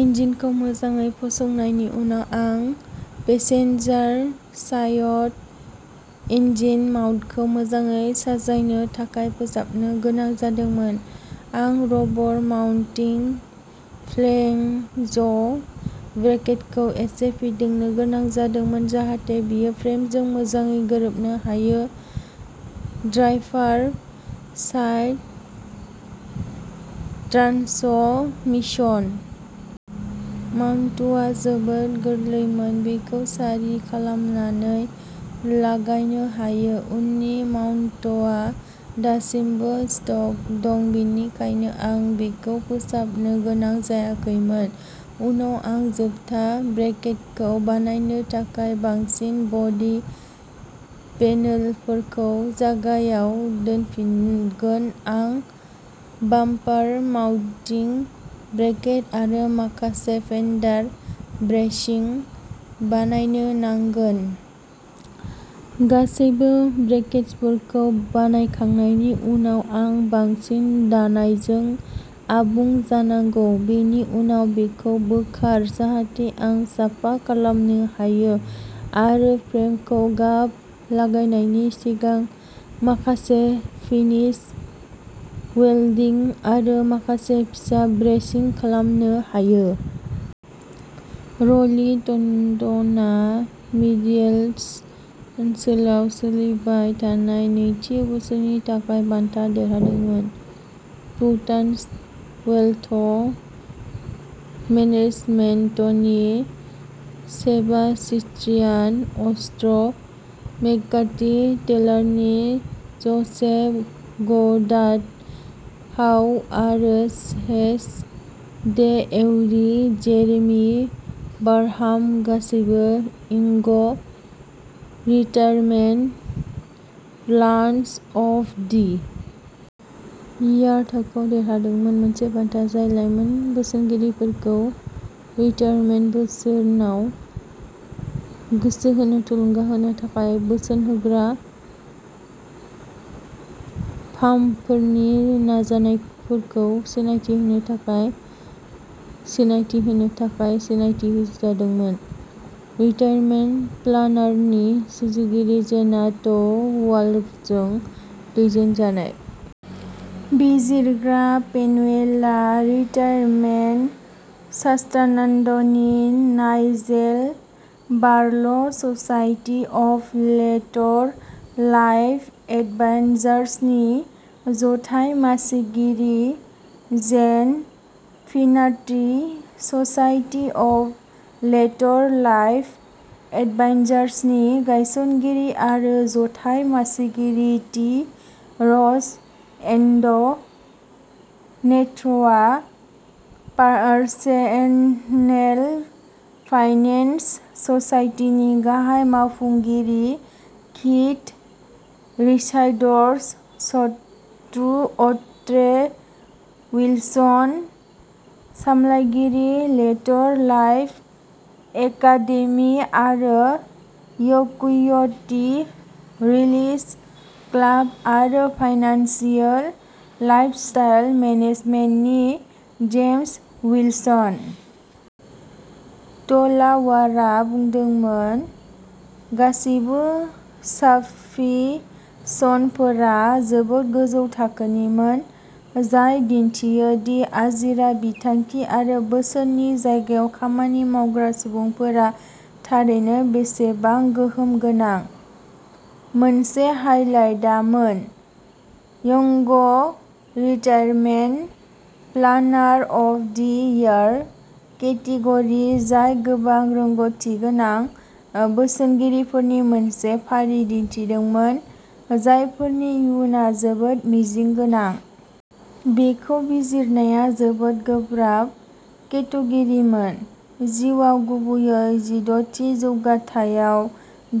इन्जिनखौ मोजाङै फसंनायनि उना आं पेसेन्जार सायड इन्जिन माउन्टखौ मोजाङै साजायनो थाखाय फोसाबनो गोनां जादोंमोन। आं रबर माउन्टिं फ्लेंज' ब्रेकेटखौ एसे फिदिंनो गोनां जादोंमोन जाहाथे बेयो फ्रेमजों मोजाङै गोरोबनो हायो ड्राइफार साइड ट्रान्स'मिसन -- माउन्ट'आ जोबोद गोरलैमोन बेखौ सारि खालामनानै लागायनो हायो उननि माउन्ट'आ दासिमबो स्टक दं बिनिखायनो आं बेखौ फोसाबनो गोनां जायाखैमोन। उनाव आं जोबथा ब्रेकेटखौ बानायनो थाखाय बांसिन बडी पेनोलफोरखौ जागायाव दोनफिनगोन आं बाम्पार माउन्टिं ब्रेकेट आरो माखासे फेन्डार ब्रेसिं बानायनो नांगोन गासैबो ब्रेकेटफोरखौ बानायखांनायनि उनाव आं बांसिन दानायजों आबुं जानांगौ बेनि उनाव बेखौ बोखार जाहाथे आं साफा खालामनो हायो आरो फ्रेमखौ गाब लागायनायनि सिगां माखासे फिनिश वेल्डिं आरो माखासे फिसा ब्रेसिं खालामनो हायो। र'ली टनडनआ मिडेलस ओनसोलाव सोलिबाय थानाय नैथि बोसोरनि थाखाय बान्था देरहादोंमोन। प्लुटान्स वेल्थ' मेनेजमेन्ट'नि सेबास्त्रियान अस्त्र मेककार्थी टेलारनि ज'सेफ ग'डार्ड हाउ आरो Chase de every Jeremy Barham गासैबो इंग' retirement plans of the year थाखोआव देरहादोंमोन मोनसे बान्था जाय लाइमोन बोसोनगिरिफोरखौ रिटायारमेन्ट बोसोनआव गोसो होनो थुलुंगा होनो थाखाय बोसोन होग्रा फार्मफोरनि नाजानायफोरखौ सिनायथि होनो थाखाय सिनायथि होनो थाखाय सिनायथि होजादोंमोन। रिटायारमेन्ट प्लानारनि सुजुगिरि जेना ट'वालारजों दैदेनजानाय -- बिजिरग्रा पेनुवेलआ रिटायारमेन्ट स्टानान्ड'नि Nigel Barrell' society of Later Life एडभाइजार्सनि जथाय मासिगिरि Jane Finerty society of Later Life एडभाइजार्सनि गायसनगिरि आरो जथाय मासिगिरि टि र'ज एन्ड' नेथ्रआ पारसेननेल फाइनेन्स ससाइटिनि गाहाय मावफुंगिरि कीथ रिचार्ड्स सटुअर्ट्रे विल्सन सामलायगिरि लेटर लाइफ एकादेमि आरो इउकुयडि रिलिज क्लाब आरो फाइनेन्सियेल लाइफस्टाइल मेनेजमेन्टनि जेम्स विल्सन। ट'लावारआ बुंदोंमोन गासिबो सापफिशनफोरा जोबोद गोजौ थाखोनिमोन जाय दिन्थियो दि आजिरा बिथांखि आरो बोसोननि जायगायाव खामानि मावग्रा सुबुंफोरा थारैनो बेसेबां गोहोम गोनां। मोनसे हाइलाइटआमोन young' retirement planner of the year category जाय गोबां रोंग'थिगोनां बोसोनगिरिफोरनि मोनसे फारि दिन्थिदोंमोन जायफोरनि इयुनआ जोबोद मिजिं गोनां। बेखौ बिजिरनाया जोबोद गोब्राब केटेग'रिमोन। जिउआव गुबैयै जिद'थि जौगाथायाव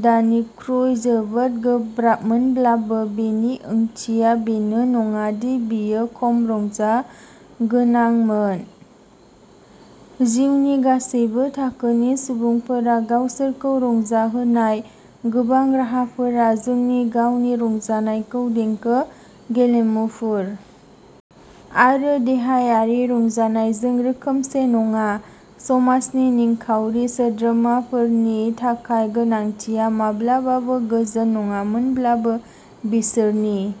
दानिख्रुइ जोबोद गोब्रामोनब्लाबो बेनि ओंथिया बेनो नङा दि बेयो खम रंजागोनांमोन। जिउनि गासैबो थाखोनि सुबुंफोरा गावसोरखौ रंजाहोनाय गोबां राहाफोरा जोंनि गावनि रंजानायखौ देंखो गेलेमुफुर -- आरो देहायारि रंजानायजों रोखोमसे नङा। समाजनि निंखावरि सोद्रोमाफोरनि थाखाय गोनांथिआ माब्लाबाबो गोजोन नङामोनब्लाबो बिसोरनि --